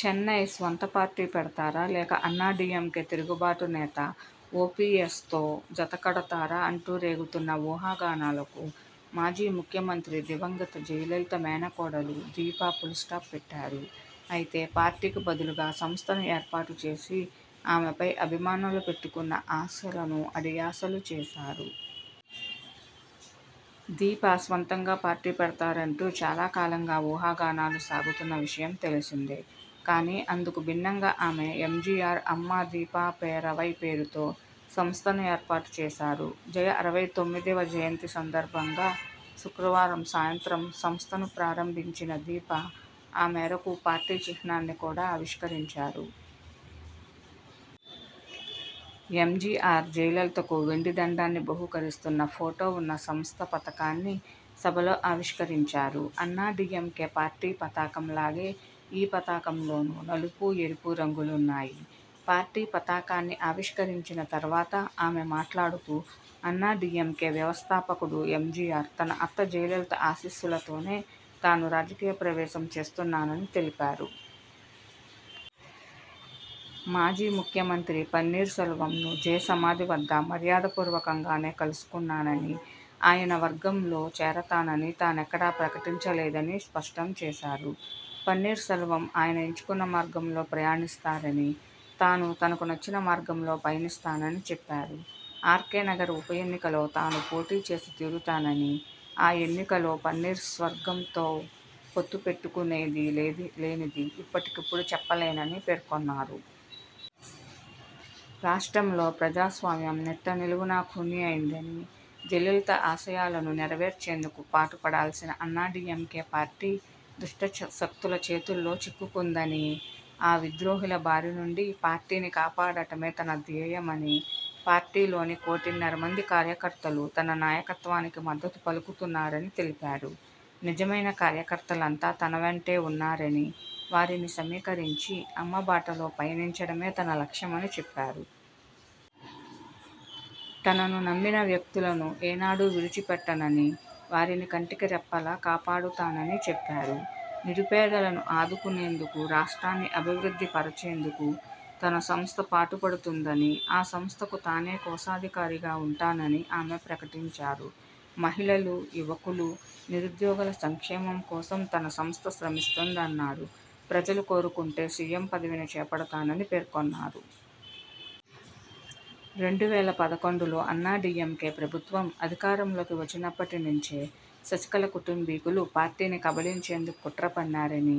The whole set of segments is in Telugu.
చెన్నై స్వంత పార్టీ పెడతారా, లేక అన్నాడీఎంకే తిరుగుబాటు నేత ఓపీఎస్తో జత కడతారా అంటూ రేగుతున్న ఊహాగానాలకు మాజీ ముఖ్యమంత్రి దివంగత జయలలిత మేనకోడలు దీప ఫుల్స్టాప్ పెట్టారు. అయితే పార్టీకి బదులుగా సంస్థను ఏర్పాటు చేసి ఆమెపై అభిమానులు పెట్టుకున్న ఆశలను అడియాశలు చేశారు. దీప స్వంతంగా పార్టీ పెడతారంటూ చాలాకాలంగా ఊహాగానాలు సాగుతున్న విషయం తెలిసిందే. కానీ అందుకు భిన్నంగా ఆమె 'ఎంజీఆర్ అమ్మా దీపా పేరవై' పేరుతో సంస్థను ఏర్పాటు చేశారు. జయ అరవై తొమ్మిదివ జయంతి సందర్భంగా శుక్రవారం సాయంత్రం సంస్థను ప్రారంభించిన దీప.. ఆ మేరకు పార్టీ చిహ్నాన్ని కూడా ఆవిష్కరించారు. ఎంజీఆర్ జయలలితకు వెండి దండాన్ని బహూకరిస్తున్న ఫోటో ఉన్న సంస్థ పతకాన్ని సభలో ఆవిష్కరించారు. అన్నాడీఎంకే పార్టీ పతాకం లాగే ఈ పతాకంలోనూ నలుపు, ఎరుపు రంగులున్నాయి. పార్టీ పతాకాన్ని ఆవిష్కరించిన తర్వాత ఆమె మాట్లాడుతూఅన్నాడీఎంకే వ్యవస్థాపకుడు ఎంజీఆర్, తన అత్త జయలలిత ఆశీస్సులతోనే తాను రాజకీయప్రవేశం చేస్తున్నానని తెలిపారు. మాజీ ముఖ్యమంత్రి పన్నీర్సెల్వంను జయ సమాధి వద్ద మర్యాదపూర్వకంగానే కలుసుకున్నానని, ఆయన వర్గంలో చేరతానని తానెక్కడా ప్రకటించలేదని స్పష్టం చేశారు. పన్నీర్సెల్వం ఆయన ఎంచుకున్న మార్గంలో ప్రయాణిస్తారని, తాను తనకు నచ్చిన మార్గంలో పయనిస్తానని చెప్పారు. ఆర్కే నగర్ ఉప ఎన్నికలో తాను పోటీ చేసి తీరుతానని, ఆ ఎన్నికలో పన్నీర్వర్గంతో పొత్తుపెట్టుకునేదీ లేనిదీ ఇప్పటికిప్పుడు చెప్పలేనని పేర్కొన్నారు. రాష్ట్రంలో ప్రజాస్వామ్యం నిట్టనిలువునా ఖూనీ అయిందని, జయలలిత ఆశయాలను నెరవేర్చేందుకు పాటుపడాల్సిన అన్నాడీఎంకే పార్టీ దుష్టశక్తుల చేతుల్లోచిక్కుకుందని, ఆ విద్రోహుల బారి నుండి పార్టీని కాపాడటమే తన ధ్యేయమని, పార్టీలోని కోటిన్నరమంది కార్యకర్తలు తన నాయకత్వానికి మద్ధతు పలుకుతున్నారని తెలిపారు. నిజమైన కార్యకర్తలంతా తన వెంటే ఉన్నారని, వారిని సమీకరించి అమ్మ బాటలో పయనించడమే తన లక్ష్యమని చెప్పారు. తనను నమ్మిన వ్యక్తులను ఏనాడు విడిచిపెట్టననని, వారిని కంటికిరెప్పలా కాపాడతానని చెప్పారు. నిరుపేదలను ఆదుకునేందుకు, రాషా్ట్రన్ని అభివృద్ధిప రచేందుకు తన సంస్థ పాటుపడుతుందని, ఈ సంస్థకు తానే కోశాధికారిగా ఉంటానని ఆమె ప్రకటించారు. మహిళలు, యువకులు, నిరుద్యోగుల సంక్షేమం కోసం తన సంస్థ శ్రమిస్తుందన్నారు. ప్రజలు కోరుకుంటే సీఎం పదవిని చేపడతానని పేర్కొన్నారు. రెండు వేల పదకొండులో అన్నాడీఎంకే ప్రభుత్వం అధికారంలోకి వచ్చినప్పటినుంచే శశికళ కుటుంబీకులు పార్టీని కబళించేందుకు కుట్ర పన్నారని,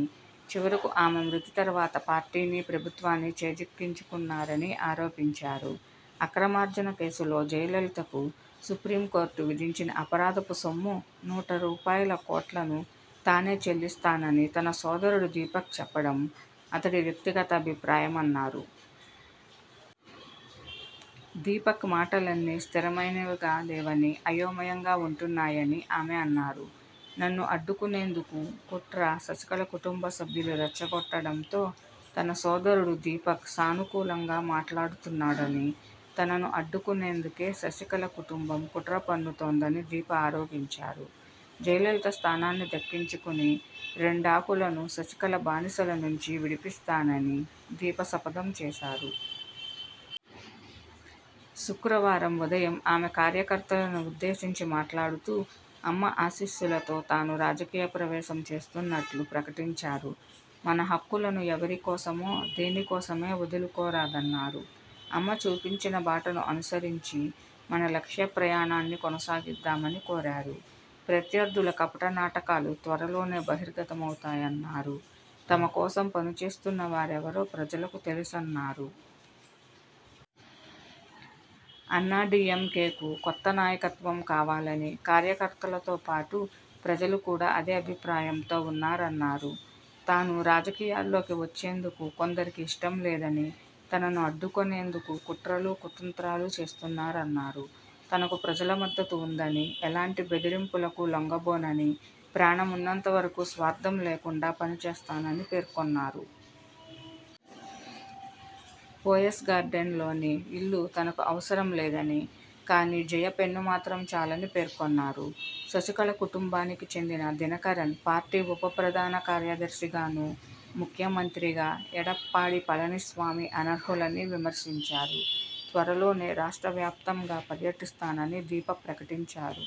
చివరకు ఆమె మృతి తర్వాత పార్టీని, ప్రభుత్వాన్ని చేజిక్కించుకున్నారని ఆరోపించారు. అక్రమార్జన కేసులో జయ లలితకు సుప్రీంకోర్టు విధించిన అపరాధపు సొమ్ము నూట రూపాయలుకోట్లను తానే చెల్లిస్తానని తన సోదరుడు దీపక్ చెప్పడం అతడి వ్యక్తిగత అభిప్రాయమన్నారు. దీపక్ మాటలన్నీ స్థిరమైనవిగా లేవని అయోమయంగా ఉంటున్నాయని ఆమె అన్నారు. నన్ను అడ్డుకునేందుకు కుట్రశశికళ కుటుంబ సభ్యులు రెచ్చగొట్టడంతో తన సోదరుడు దీపక్ సానుకులంగా మాట్లాడుతున్నాడని, తనను అడ్డుకునేందుకే శశికళ కుటుంబం కుట్ర పన్నుతోందని దీప ఆరోపించారు. జయలలిత స్థానాన్ని దక్కించుకుని రెండాకులను శశికళ బానిసల నుంచి విడిపిస్తానని దీప శపథం చేశారు. శుక్రవారం ఉదయం ఆమె కార్యకర్తలను ఉద్దేశించి మాట్లాడుతూఅమ్మ ఆశీస్సులతో తాను రాజకీయ ప్రవేశం చేస్తున్నట్లు ప్రకటించారు. మన హక్కులను ఎవరి కోసమో, దేని కోసమో వదులుకోరాదన్నారు. అమ్మ చూపించిన బాటను అనుసరించి మన లక్ష్య ప్రయాణాన్ని కొనసాగిద్దామని కోరారు. ప్రత్యర్థుల కపటనాటకాలు త్వరలోనే బహిర్గతమవుతాయన్నారు. తమ కోసం పనిచేస్తున్నవారెవరో ప్రజలకు తెలుసన్నారు. అన్నాడీఎంకేకు కొత్త నాయకత్వం కావాలని, కార్యకర్తలతో పాటు ప్రజలు కూడా అదే అభిప్రాయంతో వున్నారన్నారు. తాను రాజకీయాల్లోకి వచ్చేందుకు కొందరికి ఇష్టం లేదని, తనను అడ్డుకొనేందుకు కుట్రలు, కుతంత్రాలు చేస్తున్నారన్నారు. తనకు ప్రజల మద్దతు ఉందని, ఎలాంటి బెదిరింపులకు లొంగబోనని, ప్రాణమున్నంత వరకు స్వార్థం లేకుండా పనిచేస్తానని పేర్కొన్నారు. పోయ్స్గార్టెన్లోని ఇల్లు తనకు అవసరం లేదని, కానీ జయ పెన్ను మాత్రం చాలని పేర్కొన్నారు. శశికళ కుటుంబానికి చెందిన దినకరన్ పార్టీ ఉప ప్రధానకార్యదర్శిగాను, ముఖ్యమంత్రిగా ఎడప్పాడి పళనిస్వామి అనర్హులని విమర్శించారు. త్వరలోనే రాష్ట్ర వ్యాప్తంగా పర్యటిస్తానని దీప ప్రకటించారు.